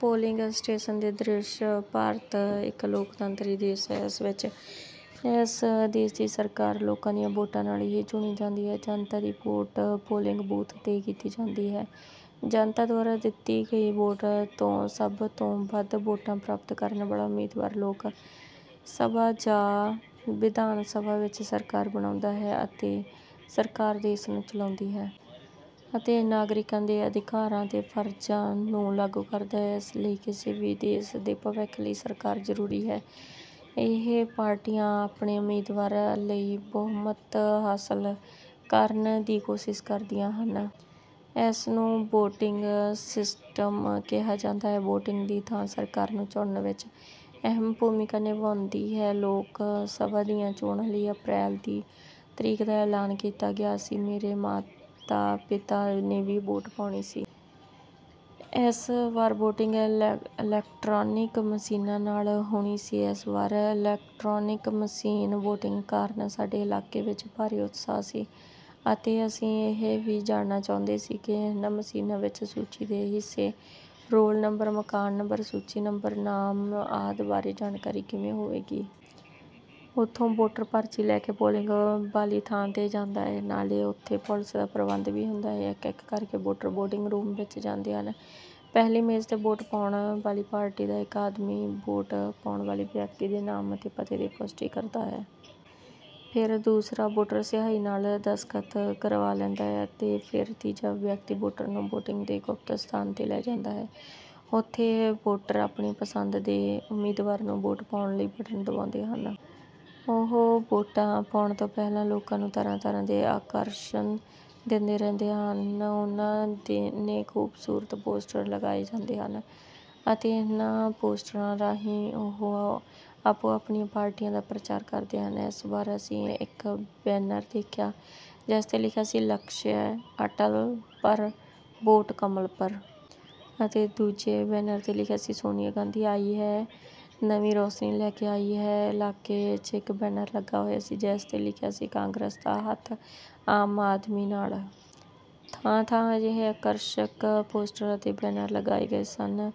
Polling station ਦੇ ਦ੍ਰਿਸ਼ ਭਾਰਤ ਇੱਕ ਲੋਕਤੰਤਰੀ ਦੇਸ਼ ਹੈ। ਇਸ ਲਈ ਇਸ ਦੇਸ਼ ਦੀ ਸਰਕਾਰ ਲੋਕਾਂ ਦੀਆਂ ਵੋਟਾਂ ਨਾਲ ਹੀ ਚੁਣੀ ਜਾਂਦੀ ਹੈ। ਜਨਤਾ ਦੀ ਵੋਟ ਪੋਲਿੰਗ ਬੂਥ 'ਤੇ ਕੀਤੀ ਜਾਂਦੀ ਹੈ। ਜਨਤਾ ਦੁਆਰਾ ਦਿੱਤੀ ਗਈ ਵੋਟ ਤੋਂ ਸਭ ਤੋਂ ਵੱਧ ਵੋਟਾਂ ਪ੍ਰਾਪਤ ਕਰਨ ਵਾਲਾ ਉਮੀਦਵਾਰ ਲੋਕ ਸਭਾ ਜਾਂ ਵਿਧਾਨ ਸਭਾ ਵਿੱਚ ਸਰਕਾਰ ਬਣਾਉਂਦਾ ਹੈ ਅਤੇ ਸਰਕਾਰ ਦੇਸ਼ ਨੂੰ ਚਲਾਉਂਦੀ ਹੈ। ਅਤੇ ਨਾਗਰਿਕਾਂ ਦੇ ਅਧਿਕਾਰਾਂ ਅਤੇ ਫਰਜ਼ਾਂ ਨੂੰ ਲਾਗੂ ਕਰਦਾ ਹੈ। ਇਸ ਲਈ ਕਿਸੇ ਵੀ ਦੇਸ਼ ਦੇ ਭਵਿੱਖ ਲਈ ਸਰਕਾਰ ਜ਼ਰੂਰੀ ਹੈ। ਇਹ ਪਾਰਟੀਆਂ ਆਪਣੇ ਉਮੀਦਵਾਰ ਲਈ ਬਹੁਮਤ ਹਾਸਲ ਕਰਨ ਦੀ ਕੋਸ਼ਿਸ਼ ਕਰਦੀਆਂ ਹਨ। ਇਸ ਨੂੰ 'ਵੋਟਿੰਗ ਸਿਸਟਮ' ਕਿਹਾ ਜਾਂਦਾ ਹੈ। ਵੋਟਿੰਗ ਦੀ ਥਾਂ ਸਰਕਾਰ ਨੂੰ ਚੁਣਨ ਵਿੱਚ ਅਹਿਮ ਭੂਮਿਕਾ ਨਿਭਾਉਂਦੀ ਹੈ। ਲੋਕ ਸਭਾ ਦੀਆਂ ਚੋਣਾਂ ਲਈ ਅਪ੍ਰੈਲ ਦੀ ਤਰੀਕ ਦਾ ਐਲਾਨ ਕੀਤਾ ਗਿਆ ਸੀ। ਮੇਰੇ ਮਾਤਾ-ਪਿਤਾ ਨੇ ਵੀ ਵੋਟ ਪਾਉਣੀ ਸੀ। ਇਸ ਵਾਰ ਵੋਟਿੰਗ 'ਇਲੈਕਟ੍ਰਾਨਿਕ ਮਸ਼ੀਨਾਂ' ਨਾਲ ਹੋਣੀ ਸੀ। ਇਸ ਵਾਰ ਇਲੈਕਟਰਾਨਿਕ ਮਸ਼ੀਨ ਵੋਟਿੰਗ ਕਾਰਨ ਸਾਡੇ ਇਲਾਕੇ ਵਿੱਚ ਭਾਰੀ ਉਤਸ਼ਾਹ ਸੀ। ਅਤੇ ਅਸੀਂ ਇਹ ਵੀ ਜਾਣਨਾ ਚਾਹੁੰਦੇ ਸੀ ਕਿ ਇਹਨਾਂ ਮਸ਼ੀਨਾਂ ਵਿੱਚ ਸੂਚੀ ਦੇ ਹਿੱਸੇ, ਰੋਲ ਨੰਬਰ, ਮਕਾਨ ਨੰਬਰ, ਸੂਚੀ ਨੰਬਰ, ਨਾਮ ਆਦਿ ਬਾਰੇ ਜਾਣਕਾਰੀ ਕਿਵੇਂ ਹੋਵੇਗੀ। ਉਥੋਂ ਵੋਟਰ ਪਰਚੀ ਲੈ ਕੇ ਪੋਲਿੰਗ ਵਾਲੀ ਥਾਂ 'ਤੇ ਜਾਂਦਾ ਹੈ, ਨਾਲੇ ਉੱਥੇ ਪੁਲਿਸ ਦਾ ਪ੍ਰਬੰਧ ਵੀ ਹੁੰਦਾ ਹੈ ਇਕ-ਇਕ ਕਰਕੇ ਵੋਟਰ ਵੋਟਿੰਗ ਰੂਮ ਵਿਚ ਜਾਂਦੇ ਹਨ। ਪਹਿਲੀ ਮੇਜ਼ 'ਤੇ, ਵੋਟ ਪਾਉਣ ਵਾਲੀ ਪਾਰਟੀ ਦਾ ਇਕ ਆਦਮੀ ਵੋਟ ਪਾਉਣ ਵਾਲੇ ਵਿਅਕਤੀ ਦੇ ਨਾਮ ਅਤੇ ਪਤੇ ਦੀ ਪੁਸ਼ਟੀ ਕਰਦਾ ਹੈ। ਫਿਰ ਦੂਸਰਾ ਵੋਟਰ ਸਿਆਹੀ ਨਾਲ ਦਸਤਖਤ ਕਰਵਾ ਲੈਂਦਾ ਹੈ ਅਤੇ ਫਿਰ ਤੀਜਾ ਵਿਅਕਤੀ ਵੋਟਰ ਨੂੰ ਵੋਟਿੰਗ ਦੇ ਗੁਪਤ ਸਥਾਨ 'ਤੇ ਲੈ ਜਾਂਦਾ ਹੈ। ਉੱਥੇ ਵੋਟਰ ਆਪਣੀ ਪਸੰਦ ਦੇ ਉਮੀਦਵਾਰ ਨੂੰ ਵੋਟ ਪਾਉਣ ਲਈ ਬਟਨ ਦਬਾਉਂਦੇ ਹਨ। ਉਹ ਵੋਟਾਂ ਪਾਉਣ ਤੋਂ ਪਹਿਲਾਂ ਲੋਕਾਂ ਨੂੰ ਤਰ੍ਹਾਂ-ਤਰ੍ਹਾਂ ਦੇ ਆਕਰਸ਼ਨ ਦਿੰਦੇ ਰਹਿੰਦੇ ਹਨ। ਉਨ੍ਹਾਂ ਨੇ ਖੂਬਸੂਰਤ ਪੋਸਟਰ ਲਗਾਏ ਜਾਂਦੇ ਹਨ ਅਤੇ ਇਨ੍ਹਾਂ ਪੋਸਟਰਾਂ ਰਾਹੀਂ ਉਹ ਆਪੋ-ਆਪਣੀਆਂ ਪਾਰਟੀਆਂ ਦਾ ਪ੍ਰਚਾਰ ਕਰਦੇ ਹਨ। ਇਸ ਵਾਰ ਅਸੀਂ ਇਕ ਬੈਨਰ ਦੇਖਿਆ ਜਿਸ 'ਤੇ ਲਿਖਿਆ ਸੀ- 'ਲਕਸ਼ਯ ਅਟਲ ਪਰ ਵੋਟ ਕਮਲ ਪਰ'। ਅਤੇ ਦੂਜੇ ਬੈਨਰ 'ਤੇ ਲਿਖਿਆ ਸੀ, 'ਸੋਨੀਆ ਗਾਂਧੀ ਆਈ ਹੈ, ਨਵੀਂ ਰੋਸ਼ਨੀ ਲੈ ਕੇ ਆਈ ਹੈ। ' ਇਲਾਕੇ 'ਚ ਇਕ ਬੈਨਰ ਲੱਗਾ ਹੋਇਆ ਸੀ, ਜਿਸ 'ਤੇ ਲਿਖਿਆ ਸੀ- ਕਾਂਗਰਸ ਦਾ ਹੱਥ, ਆਮ ਆਦਮੀ ਨਾਲ। ਥਾਂ-ਥਾਂ ਅਜਿਹੇ ਆਕਰਸ਼ਕ ਪੋਸਟਰ ਅਤੇ ਬੈਨਰ ਲਗਾਏ ਗਏ ਸਨ।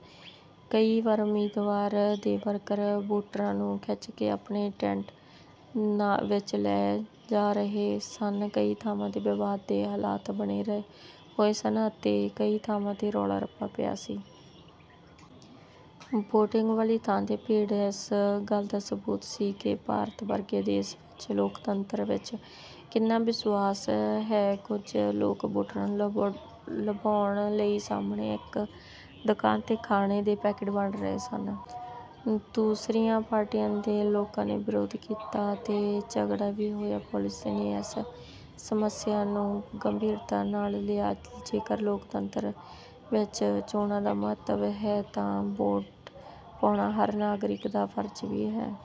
ਕਈ ਵਾਰ ਉਮੀਦਵਾਰ ਦੇ ਵਰਕਰ ਵੋਟਰਾਂ ਨੂੰ ਖਿੱਚ ਕੇ ਆਪਣੇ ਟੇੰਟ ਵਿੱਚ ਲੈ ਜਾ ਰਹੇ ਸਨ। ਕਈ ਥਾਵਾਂ 'ਤੇ ਵਿਵਾਦ ਦੇ ਹਾਲਾਤ ਬਣੇ ਹੋਏ ਸਨ ਅਤੇ ਕਈ ਥਾਵਾਂ 'ਤੇ ਰੌਲਾ-ਰੱਪਾ ਪਿਆ ਸੀ। ਵੋਟਿੰਗ ਵਾਲੀ ਥਾਂ 'ਤੇ ਭੀੜ ਇਸ ਗੱਲ ਦਾ ਸਬੂਤ ਸੀ ਕਿ ਭਾਰਤ ਵਰਗੇ ਦੇਸ਼ ਵਿਚ ਲੋਕਤੰਤਰ ਵਿਚ ਕਿੰਨਾ ਵਿਸ਼ਵਾਸ ਹੈ। ਕੁਝ ਲੋਕ ਵੋਟਰਾਂ ਨੂੰ ਲੁਭਾਉਣ ਲਈ ਸਾਹਮਣੇ ਇਕ ਦੁਕਾਨ 'ਤੇ ਖਾਣੇ ਦੇ ਪੈਕੇਟ ਵੰਡ ਰਹੇ ਸਨ। ਦੂਸਰੀਆਂ ਪਾਰਟੀਆਂ ਦੇ ਲੋਕਾਂ ਨੇ ਵਿਰੋਧ ਕੀਤਾ ਅਤੇ ਝਗੜਾ ਵੀ ਹੋਇਆ। ਪੁਲਿਸ ਨੇ ਇਸ ਸਮੱਸਿਆ ਨੂੰ ਗੰਭੀਰਤਾ ਨਾਲ ਲਿਆ। ਜੇਕਰ ਲੋਕਤੰਤਰ ਵਿੱਚ ਚੋਣਾਂ ਦਾ ਮਹੱਤਵ ਹੈ ਤਾਂ ਵੋਟ ਪਾਉਣਾ ਹਰ ਨਾਗਰਿਕ ਦਾ ਫਰਜ਼ ਵੀ ਹੈ।